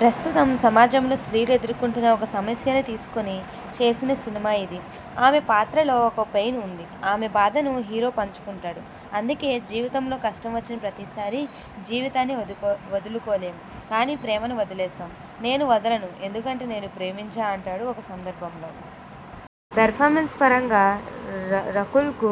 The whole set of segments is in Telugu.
ప్రస్తుతం సమాజంలో స్త్రీలు ఎదుర్కొంటున్న ఒక సమస్యను తీసుకొని చేసిన సినిమా ఇది. ఆమె పాత్రలో ఒక పెయిన్ ఉంటుంది. ఆమె బాధను హీరో పంచుకుంటాడు. అందుకే ''జీవితంలో కష్టం వచ్చిన ప్రతిసారీ జీవితాన్ని వదులుకోలేం. కానీ ప్రేమను వదిలేస్తాం. నేను వదలను. ఎందుకంటే నేను ప్రేమించా'' అంటాడు ఒక సందర్భంలో. పెర్ఫార్మెన్స్ పరంగా రకుల్కు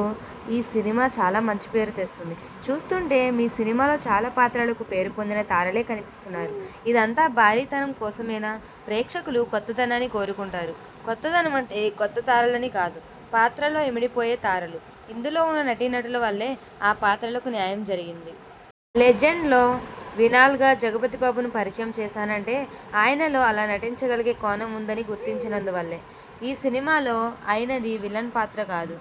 ఈ సినిమా చాలా మంచి పేరు తెస్తుంది. చూస్తుంటే మీ సినిమాలో చాలా పాత్రలకు పేరుపొందిన తారలే కనిపిస్తున్నారు. ఇదంతా భారీతనం కోసమేనా? ప్రేక్షకులు కొత్తదనాన్ని కోరుకుంటారు. కొత్తదనమంటే కొత్తతారలని కాదు. పాత్రల్లో ఇమిడిపోయే తారలు. ఇందులో ఉన్న నటీనటుల వల్లే ఆ పాత్రలకు న్యాయం జరిగింది. 'లెజెండ్'లో విలన్గా జగపతిబాబును పరిచయం చేశానంటే ఆయనలో అలా నటించగలిగే కోణం ఉందని గుర్తించినందు వల్లే. ఈ సినిమాలో ఆయనది విలన్ పాత్ర కాదు.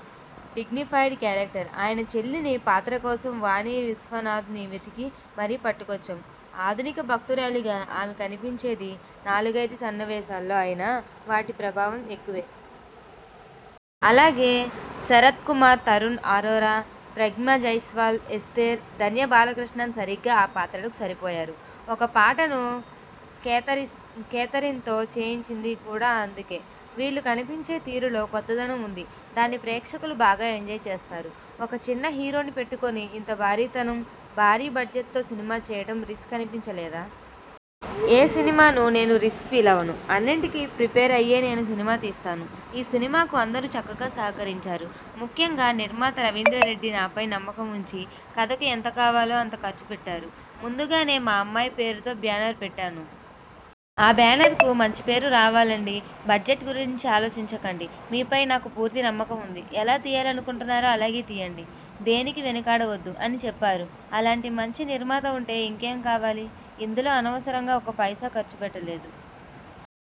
Dignified character. ఆయన చెల్లెలి పాత్ర కోసం వాణీ విశ్వనాథ్ను వెతికి మరీ పట్టుకొచ్చాం. ఆధునిక భక్తురాలిగా ఆమె కనిపించేది నాలుగైదు సన్నివేశాలే అయినా, వాటి ప్రభావం ఎక్కువే. అలాగే శరత్కుమార్, తరుణ్ అరోరా, ప్రగ్యా జైస్వాల్, ఎస్తేర్, ధన్య బాలకృష్ణన్ సరిగ్గా ఆ పాత్రలకు సరిపోయారు. ఒక పాటను కేథరిన్తో చేయించింది కూడా అందుకే. వీళ్లు కనిపించే తీరులో కొత్తదనం ఉంది. దాన్ని ప్రేక్షకులు బాగా ఎంజాయ్ చేస్తారు. ఒక చిన్న హీరోను పెట్టుకొని ఇంత భారీతనం, భారీ బడ్జెట్తో సినిమా చేయడం రిస్క్ అనిపించలేదా? ఏ సినిమానూ నేను రిస్క్గా ఫీలవను. అన్నింటికీ ప్రిపేర్ అయ్యే నేను సినిమా తీస్తాను. ఈ సినిమాకు అందరూ చక్కగా సహకరించారు. ముఖ్యంగా నిర్మాత రవీందర్రెడ్డి నాపై నమ్మకం ఉంచి కథకు ఎంత కావాలో అంత ఖర్చు పెట్టారు. ముందుగానే 'మా అమ్మాయి పేరుతో బ్యానర్ పెట్టాను. ఆ బ్యానర్కు మంచి పేరు రావాలండీ. బడ్జెట్ గురించి ఆలోచించకండి. మీపై నాకు పూర్తి నమ్మకం ఉంది. ఎలా తీయాలనుకుంటున్నారో అలాగే తీయండి. దేనికీ వెనుకాడవద్దు' అని చెప్పారు. అలాంటి మంచి నిర్మాత ఉంటే ఇంకేం కావాలి! ఇందులో అనవసరంగా ఒక్క పైసా ఖర్చు పెట్టలేదు.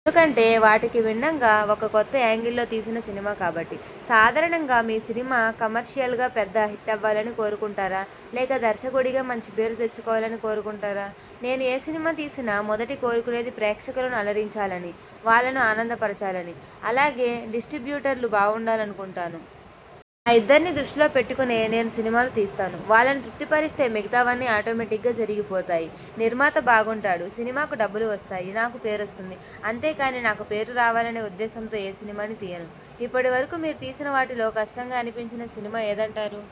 ఎందుకంటే వాటికి భిన్నంగా ఒక కొత్త యాంగిల్లో తీసిన సినిమా కాబట్టి. సాధారణంగా మీ సినిమా కమర్షియల్గా పెద్ద హిట్టవ్వాలని కోరుకుంటారా? లేక దర్శకుడిగా మంచి పేరు తెచ్చుకోవాలని కోరుకుంటారా? నేను ఏ సినిమా తీసినా మొదట కోరుకునేది ప్రేక్షకులను అలరించాలనీ, వాళ్లను ఆనందపరచాలనీ. అలాగే డిస్ట్రిబ్యూటర్లు బావుండాలనుకుంటాను. ఆ ఇద్దర్నీ దృష్టిలో పెట్టుకొనే నేను సినిమాలు తీస్తాను. వాళ్లను తృప్తిపరిస్తే మిగతావన్నీ ఆటోమేటిగ్గా జరిగిపోతాయి. నిర్మాత బాగుంటాడు, సినిమాకు డబ్బులు వస్తాయి, నాకూ పేరొస్తుంది. అంతేకానీ, నాకు పేరు రావాలనే ఉద్దేశంతో ఏ సినిమానీ తీయను. ఇప్పటివరకూ మీరు తీసిన వాటిలో కష్టంగా అనిపించిన సినిమా ఏదంటారు?